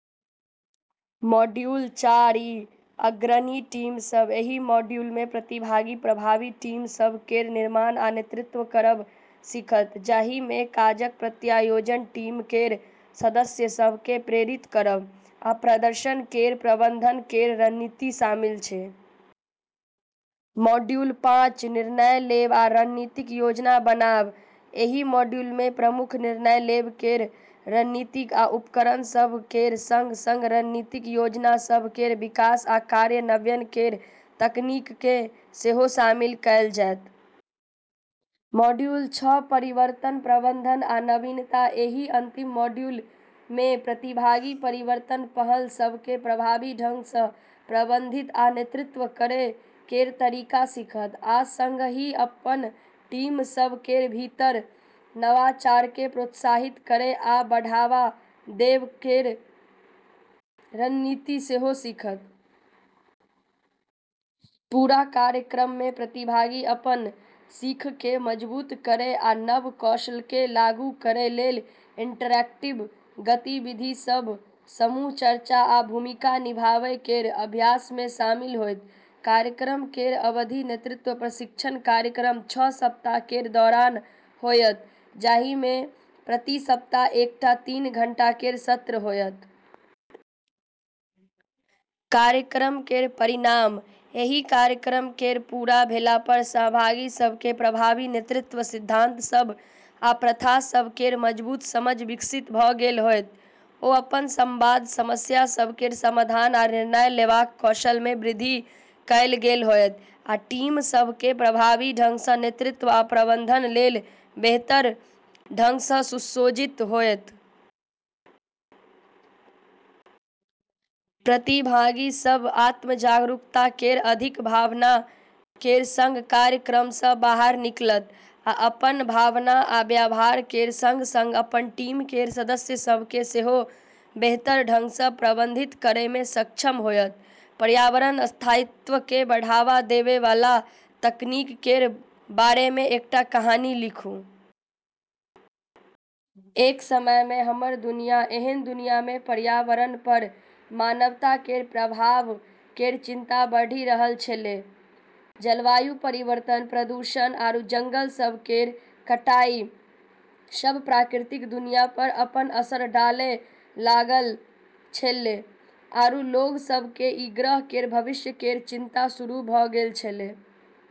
Module चारि अग्रणी team सभ: एहि मॉड्यूलमे प्रतिभागी प्रभावी टीम सभ केर निर्माण आ नेतृत्व करब सीखत, जाहिमे काजक प्रत्यायोजन, टीम केर सदस्य सभकेँ प्रेरित करब, आ प्रदर्शन केर प्रबंधन केर रणनीति शामिल छै। मॉड्यूल पाँच निर्णय लेब आ रणनीतिक योजना बनाब: एहि मॉड्यूलमे प्रमुख निर्णय लेब केर रणनीतिक आ उपकरण सभ केर संग-संग रणनीतिक योजना सभ केर विकास आ कार्यान्वयन केर तकनीककेँ सेहो शामिल कएल जेतै। मॉड्यूल छह परिवर्तन प्रबंधन आ नवीनता: एहि अंतिम मॉड्यूलमे प्रतिभागी परिवर्तन पहल सभकेँ प्रभावी ढंगसँ प्रबंधित आ नेतृत्व करै केर तरीका सीखत, आ संगहि अपन टीम सभ केर भीतर नवाचारकेँ प्रोत्साहित करै आ बढ़ावा देबै केर रणनीति सेहो सीखत। पूरा कार्यक्रममे प्रतिभागी अपन सीखकेँ मजबूत करै आ नव कौशलकेँ लागू करै लेल इंटरैक्टिव गतिविधिसभ, समूह चर्चा, आ भूमिका निभाबै केर अभ्यासमे शामिल होयत। कार्यक्रम केर अवधि: नेतृत्व प्रशिक्षण कार्यक्रम छह सप्ताह केर दौरान होयत, जाहिमे प्रति सप्ताह एकटा तीन घंटा केर सत्र होयत। कार्यक्रम केर परिणाम: एहि कार्यक्रम केर पूरा भेलापर सहभागी सभकेँ प्रभावी नेतृत्व सिद्धांत सभ आ प्रथा सभ केर मजबूत समझ विकसित भऽ गेल होयत। ओ अपन संवाद, समस्या सभ केर समाधान, आ निर्णय लेबाक कौशलमे वृद्धि कएल गेल होयत, आ टीम सभकेँ प्रभावी ढंगसँ नेतृत्व आ प्रबंधन लेल बेहतर ढंगसँ सुसज्जित होयत। प्रतिभागी सभ आत्म-जागरूकता केर अधिक भावना केर संग कार्यक्रमसँ बाहर निकलत, आ अपन भावना आ व्यवहार केर संग-संग अपन टीम केर सदस्य सभकेँ सेहो बेहतर ढंगसँ प्रबंधित करैमे सक्षम होयत। पर्यावरण स्थायित्वकेँ बढ़ावा देबैवाला तकनीक केर बारेमे एकटा कहानी लिखू। एक समयमे हमर दुनिया एहन दुनियामे पर्यावरणपर मानवता केर प्रभाव केर चिंता बढ़ि रहल छेलै। जलवायु परिवर्तन, प्रदूषण, आरू जंगल सभ केर कटाई सब प्राकृतिक दुनियापर अपन असर डालै लगल छेलै, आरू लोग सभकेँ ई ग्रह केर भविष्य केर चिंता शुरू भऽ गेल छेलै।